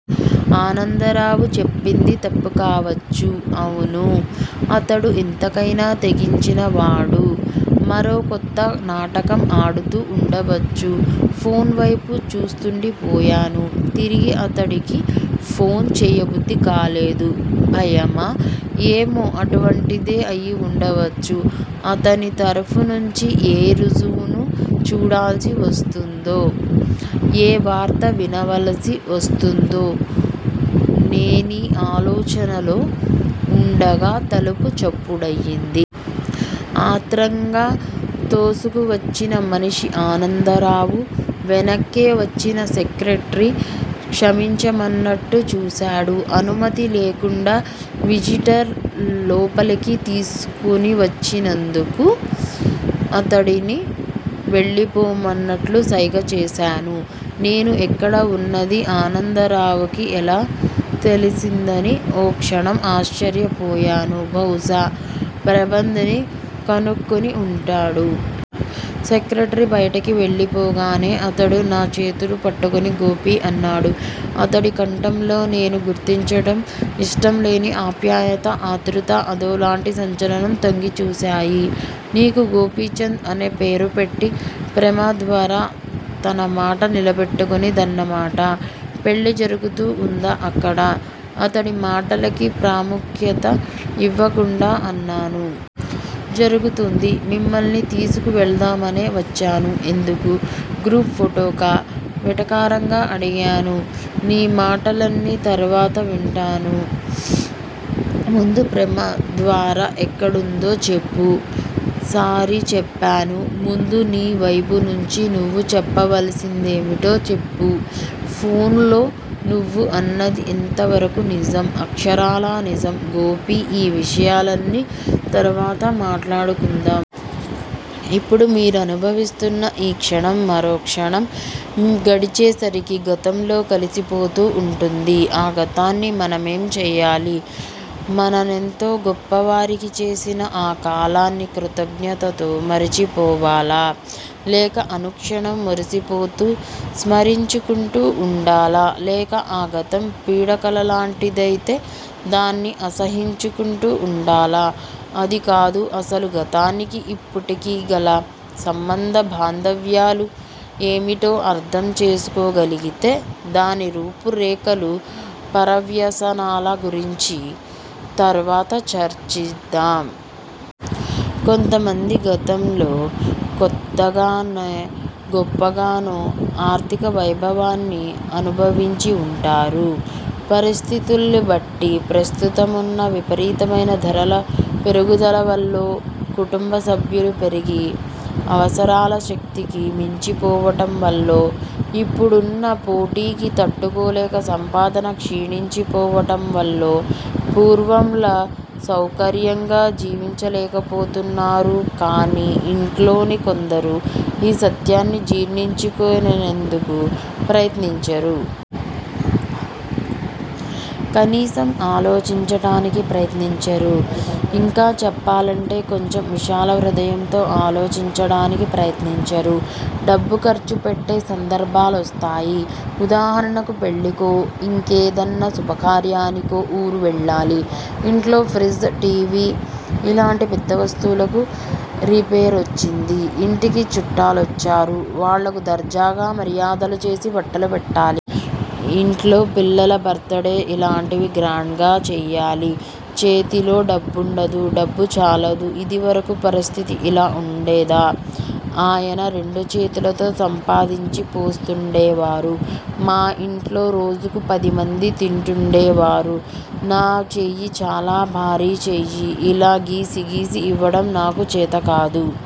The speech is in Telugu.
ఆనందరావు చెప్పింది తప్పుకావచ్చు. అవును. అతడు ఎంతకయినా తెగించినవాడు. మరో కొత్త నాటకం ఆడుతూ వుండవచ్చు. ఫోన్ వైపే చూస్తూండిపోయాను. తిరిగి అతడికి ఫోన్ చేయబుద్ది కాలేదు. భయమా? ఏమో అటువంటిదే అయివుండవచ్చు. అతని తరపునుంచి ఏ రుజువుని చూడాల్సి వస్తుందో, ఏ వార్త వినవలసి వస్తుందో నేనీ ఆలోచనలో వుండగా తలుపు చప్పుడయింది. ఆత్రంగా తోసుకు వచ్చిన మనిషి- ఆనందరావు. వెనకే వచ్చిన సెక్రటరీ క్షమించమన్నట్టు చూశాడు. అనుమతి లేకుండా విజిటర్ లోపలికి తోసుకు వచ్చినందుకు. అతడిని వెళ్ళిపొమ్మన్నట్టు సైగ చేశాను. నేను ఎక్కడ వున్నదీ ఆనందరావుకి ఎలా తెలిసిందాని ఓ క్షణం ఆశ్చర్యపోయాను. బహుశా ప్రబంధ్ ని కనుక్కుని ఉంటాడు. సెక్రటరీ బయటికి వెళ్ళిపోగానే అతడు నా చేతులు పట్టుకుని 'గోపీ' అన్నాడు. అతడి కంఠంలో నేను గుర్తించటం ఇష్టంలేని ఆప్యాయత, ఆతృత, అదోలాంటి సంచలనం తొంగిచూశాయి. నీకు గోపీచంద్ అని పేరుపెట్టి ప్రమద్వర తన మాట నిలబెట్టుకున్న దన్నమాట. పెళ్ళి జరుగుతూ వుందా అక్కడ? అతడి మాటలకి ప్రాముఖ్యత ఇవ్వకుండా అన్నాను. జరుగుతూంది. మిమ్మల్ని తీసుకువెళ్దామనే వచ్చాను. ఎందుకు? గ్రూఫ్ ఫొటోకా? వెటకారంగా అడిగాను. నీ మాటలన్నీ తరువాత వింటాను. ముందు ప్రమద్వర ఎక్కడుందో చెప్పు. సారీ చెప్పను ముందు నీ వైపునుంచి నువ్వు చెప్పవలసిందేమిటో చెప్పు. ఫోన్ లో నువ్వు అన్నది ఎంతవరకూ నిజం? అక్షరాల నిజం గోపీ ఈ విషయాలన్నీ తరువాత మాట్లాడుకుందాం. ఇప్పుడు మీరనుభవిస్తున్న ఈ క్షణం, మరోక్షణం గడిచేసరికి గతంలో కలిసిపోతూ వుంటుంది. ఆ గతాన్ని మనమేం చేయాలి? మననెంతో గొప్పవారిని చేసిన ఆ కాలాన్ని కృతజ్ఞతతో మరిచిపోవాలా? లేక అనుక్షణం మురిసిపోతూ స్మరించుకుంటూ ఉండాలా? లేక ఆ గతం పీడకలలాంటిదైతే దాన్ని అసహ్యించుకుంటూ వుండాలా? అదికాదు అసలు గతానికీ, ఇప్పటికీ గల సంబంధ బాంధవ్యాలు ఏమిటో అర్ధం చేసుకోగలిగితే, దాని రూపురేఖలూ, పర్యవసానాల గురించి తర్వాత చర్చిద్దాం. కొంతమంది గతంలో కొంతగానో, గొప్పగానో ఆర్ధిక వైభవాన్ని అనుభవించి వుంటారు. పరిస్థితుల్ని బట్టి ప్రస్తుతమున్న విపరీతమైన ధరల పెరుగుదల వల్లో, కుటుంబసభ్యులు పెరిగి, అవసరాలు శక్తికి మించిపోవటం వల్లో, ఇప్పుడున్న పోటీకి తట్టుకోలేక సంపాదన క్షీణించిపోవటంవల్లో పూర్వంలా సౌకర్యంగా జీవించలేకపోతున్నారు. కాని ఇంట్లోని కొందరు ఈ సత్యాన్ని జీర్ణించుకునేందుకు ప్రయత్నించరు. కనీసం ఆలోచించటానికి ప్రయత్నించరు. ఇంకా చెప్పాలంటే కొంచెం విశాలహృదయంతో ఆలోచించడానికి ప్రయత్నించరు. డబ్బు ఖర్చుపెట్టే సందర్భాలొస్తాయి. ఉదాహరణకు పెళ్ళికో, ఇంకేదన్నా శుభకార్యానికో ఊరు వెళ్ళాలి. ఇంట్లో ఫ్రిజ్, టీవీ ఇలాంటి పెద్ద వస్తువులకు రిపేరొచ్చింది. ఇంటికి చుట్టాలొచ్చారు. వాళ్ళకు దర్జాగా మర్యాదలు చేసి బట్టలు పెట్టాలి. ఇంట్లో పిల్లల బర్త్ డే ఇలాంటివి గ్రాండ్ గా చెయ్యాలి. చేతిలో డబ్బుండదు డబ్బు చాలదు. ఇదివరకు పరిస్థితి ఇలా వుండేదా? ఆయన రెండుచేతులతో సంపాదించి పోస్తుండేవారు. మా ఇంట్లో రోజుకు పదిమంది తింటుండేవారు. నా చెయ్యి చాలా భారీ చెయ్యి, ఇలా గీసి గీసి ఇవ్వటం నాకు చేతకాదు.